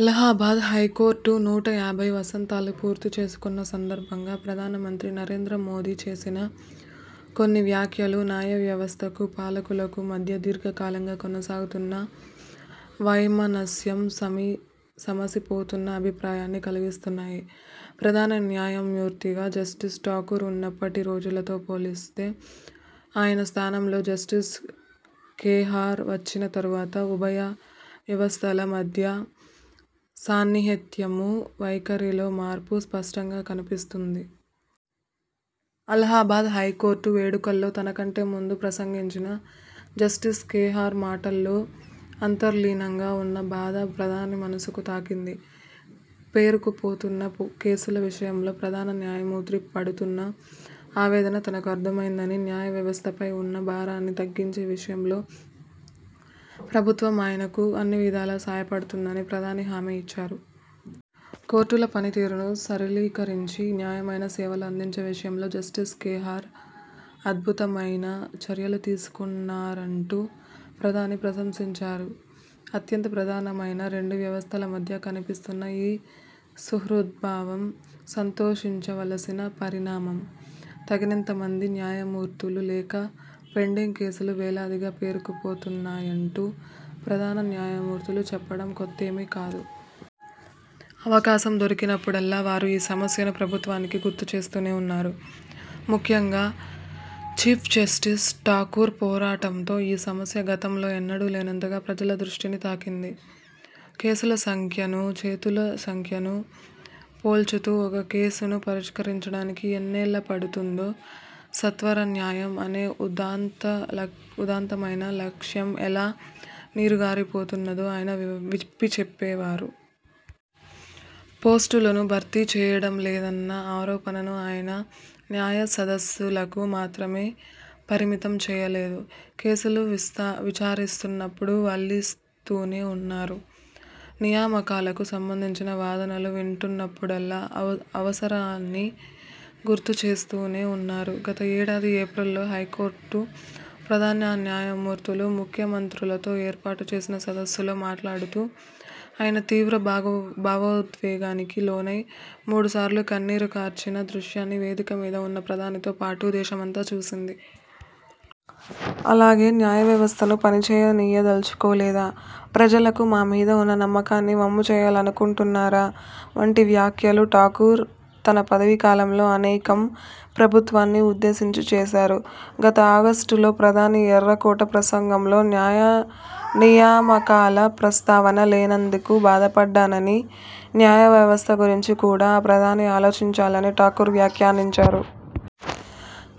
Allahabad high court నూట యాభై వసంతాలు పూర్తిచేసుకున్న సందర్భంగా ప్రధానమంత్రి నరేంద్రమోదీ చేసిన కొన్ని వ్యాఖ్యలు న్యాయ వ్యవస్థకూ, పాలకులకూ మధ్య దీర్ఘకాలంగా కొనసాగుతున్న వైమనస్యం సమసిపోతున్న అభిప్రాయాన్ని కలిగిస్తున్నాయి. ప్రధాన న్యాయమూర్తిగా జస్టిస్ ఠాకూర్ ఉన్నప్పటి రోజులతో పోల్చితే, ఆయన స్థానంలో జస్టిస్ ఖేహార్ వచ్చిన తరువాత ఉభయ వ్యవస్థల మధ్యా సాన్నిహిత్యమూ, వైఖరిలో మార్పు స్పష్టంగా కనిపిస్తున్నది. అలహాబాద్ హైకోర్టు వేడుకల్లో తనకంటే ముందు ప్రసంగించిన జస్టిస్ ఖేహార్ మాటల్లో అంతర్లీనంగా ఉన్న బాధ ప్రధాని మనసును తాకింది. పేరుకుపోతున్న కేసుల విషయంలో ప్రధాన న్యాయమూర్తి పడుతున్న ఆవేదన తనకు అర్థమైందనీ, న్యాయవ్యవస్థపై ఉన్న భారాన్ని తగ్గించే విషయంలో ప్రభుత్వం ఆయనకు అన్ని విధాలా సాయపడుతుందని ప్రధాని హామీ ఇచ్చారు. కోర్టుల పనితీరును సరళీకరించి, నాణ్యమైన సేవలు అందించే విషయంలో జస్టిస్ ఖేహార్ అద్భుతమైన చర్యలు తీసుకున్నారంటూ ప్రధాని ప్రశంసించారు. అత్యంత ప్రధానమైన రెండు వ్యవస్థల మధ్య కనిపిస్తున్న ఈ సుహృద్భావం సంతోషించవలసిన పరిణామం. తగినంతమంది న్యాయమూర్తులు లేక పెండింగ్ కేసులు వేలాదిగా పేరుకుపోతున్నాయంటూ ప్రధాన న్యాయమూర్తులు చెప్పడం కొత్తేమీ కాదు. అవకాశం దొరికినప్పుడల్లా వారు ఈ సమస్యను ప్రభుత్వానికి గుర్తుచేస్తూనే ఉన్నారు. ముఖ్యంగా, చీఫ్జస్టిస్ ఠాకూర్ పోరాటంతో ఈ సమస్య గతంలో ఎన్నడూ లేనంతగా ప్రజల దృష్టిని తాకింది. కేసుల సంఖ్యనూ, చేతుల సంఖ్యనూ పోల్చుతూ ఒక కేసును పరిష్కరించడానికి ఎన్నేళ్ళుపడుతున్నదో, సత్వరన్యాయం అనే ఉదాత్తమైన లక్ష్యం ఎలా నీరుగారిపోతున్నదో ఆయన విప్పిచెప్పేవారు. పోస్టులను భర్తీ చేయడంలేదన్న ఆరోపణను ఆయన న్యాయసదస్సులకు మాత్రమే పరిమితం చేయలేదు. కేసులు విచారిస్తున్నప్పుడు వల్లిస్తూనే ఉన్నారు, నియామకాలకు సంబంధించిన వాదనలు వింటున్నప్పుడల్లా అవసరాన్ని గుర్తుచేస్తూనే ఉన్నారు. గత ఏడాది ఏప్రిల్లో హైకోర్టు ప్రధాన న్యాయమూర్తులు, ముఖ్యమంత్రులతో ఏర్పాటు చేసిన సదస్సులో మాట్లాడుతూ ఆయన తీవ్ర భావోద్వేగానికి లోనై మూడుసార్లు కన్నీరు కార్చిన దృశ్యాన్ని వేదికమీద ఉన్న ప్రధానితో పాటు దేశమంతా చూసింది. అలాగే, 'న్యాయవ్యవస్థను పనిచేయనీయదల్చుకోలేదా? ' 'ప్రజలకు మా మీద ఉన్న నమ్మకాన్ని వమ్ముచేయాలనుకుంటున్నారా? ' వంటి వ్యాఖ్యలు ఠాకూర్ తన పదవీ కాలంలో అనేకం ప్రభుత్వాన్ని ఉద్దేశించి చేశారు. గత ఆగస్టులో ప్రధాని ఎర్రకోట ప్రసంగంలో న్యాయనియామకాల ప్రస్తావన లేనందుకు బాధపడ్డాననీ, న్యాయవ్యవస్థ గురించి కూడా ప్రధాని ఆలోచించాలని ఠాకూర్ వ్యాఖ్యానించారు.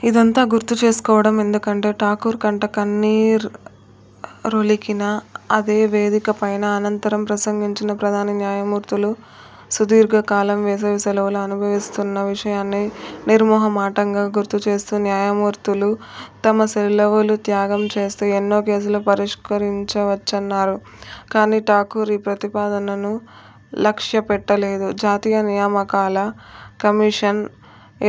ఇదంతా గుర్తుచేసుకోవడం ఎందుకంటే, ఠాకూర్ కంట కన్నీరొలికిన అదే వేదికపైన అనంతరం ప్రసంగించిన ప్రధాని న్యాయమూర్తులు సుదీర్ఘకాలం వేసవి సెలవులు అనుభవిస్తున్న విషయాన్ని నిర్మొహమాటంగా గుర్తుచేస్తూ, న్యాయమూర్తులు తమ సెలవులు త్యాగం చేస్తే ఎన్నో కేసులు పరిష్కరించవచ్చన్నారు. కానీ, ఠాకూర్ ఈ ప్రతిపాదనను లక్ష్యపెట్టలేదు. 'జాతీయ న్యాయనియామకాల కమిషన్'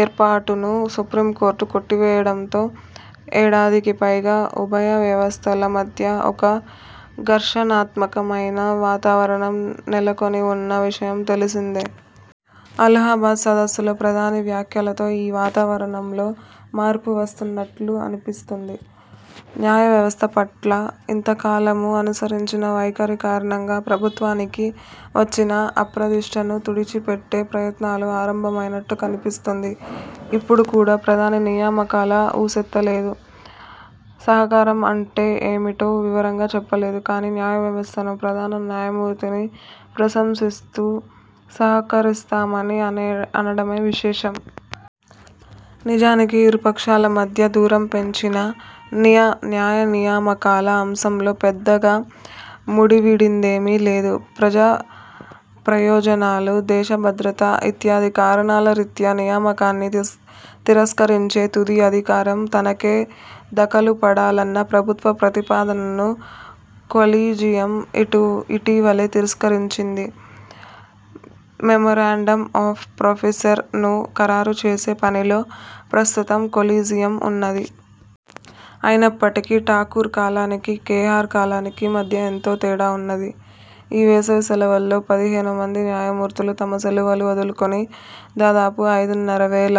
ఏర్పాటును సుప్రీంకోర్టు కొట్టివేయడంతో ఏడాదికిపైగా ఉభయ వ్యవస్థల మధ్యా ఒక ఘర్షణాత్మకమైన వాతావరణం నెలకొనివున్న విషయం తెలిసిందే. అలహాబాద్ సదస్సులో ప్రధాని వ్యాఖ్యలతో ఈ వాతావరణంలో మార్పు వస్తున్నట్టు అనిపిస్తున్నది. న్యాయవ్యవస్థ పట్ల ఇంతకాలమూ అనుసరించిన వైఖరి కారణంగా ప్రభుత్వానికి వచ్చిన అప్రదిష్టను తుడిచిపెట్టే ప్రయత్నాలు ఆరంభమైనట్టు కనిపిస్తున్నది. ఇప్పుడు కూడా ప్రధాని నియామకాల ఊసెత్తలేదు, సహకారం అంటే ఏమిటో వివరంగా చెప్పలేదు. కానీ, న్యాయవ్యవస్థను, ప్రధాన న్యాయమూర్తిని ప్రశంసిస్తూ సహకరిస్తామని అనడమే విశేషం. నిజానికి, ఇరుపక్షాల మధ్యా దూరం పెంచిన న్యాయనియామకాల అంశంలో పెద్దగా ముడివిడిందేమీ లేదు. 'ప్రజాప్రయోజనాలు', 'దేశ భద్రత' ఇత్యాది కారణాల రీత్యా నియామకాన్ని తిరస్కరించే తుది అధికారం తనకే దఖలుపడాలన్న ప్రభుత్వ ప్రతిపాదనను కొలీజియం ఇటీవలే తిరస్కరించింది. 'మెమోరాండం ఆఫ్ ప్రొసీజర్ 'ను ఖరారుచేసే పనిలో ప్రస్తుతం కొలీజియం ఉన్నది. అయినప్పటికీ, ఠాకూర్ కాలానికీ, ఖేహార్ కాలానికీ మధ్య ఎంతో తేడావున్నది. ఈ వేసవి సెలవుల్లో పదిహేను మంది న్యాయమూర్తులు తమ సెలవులు వదులుకొని దాదాపు ఐదున్నరవేల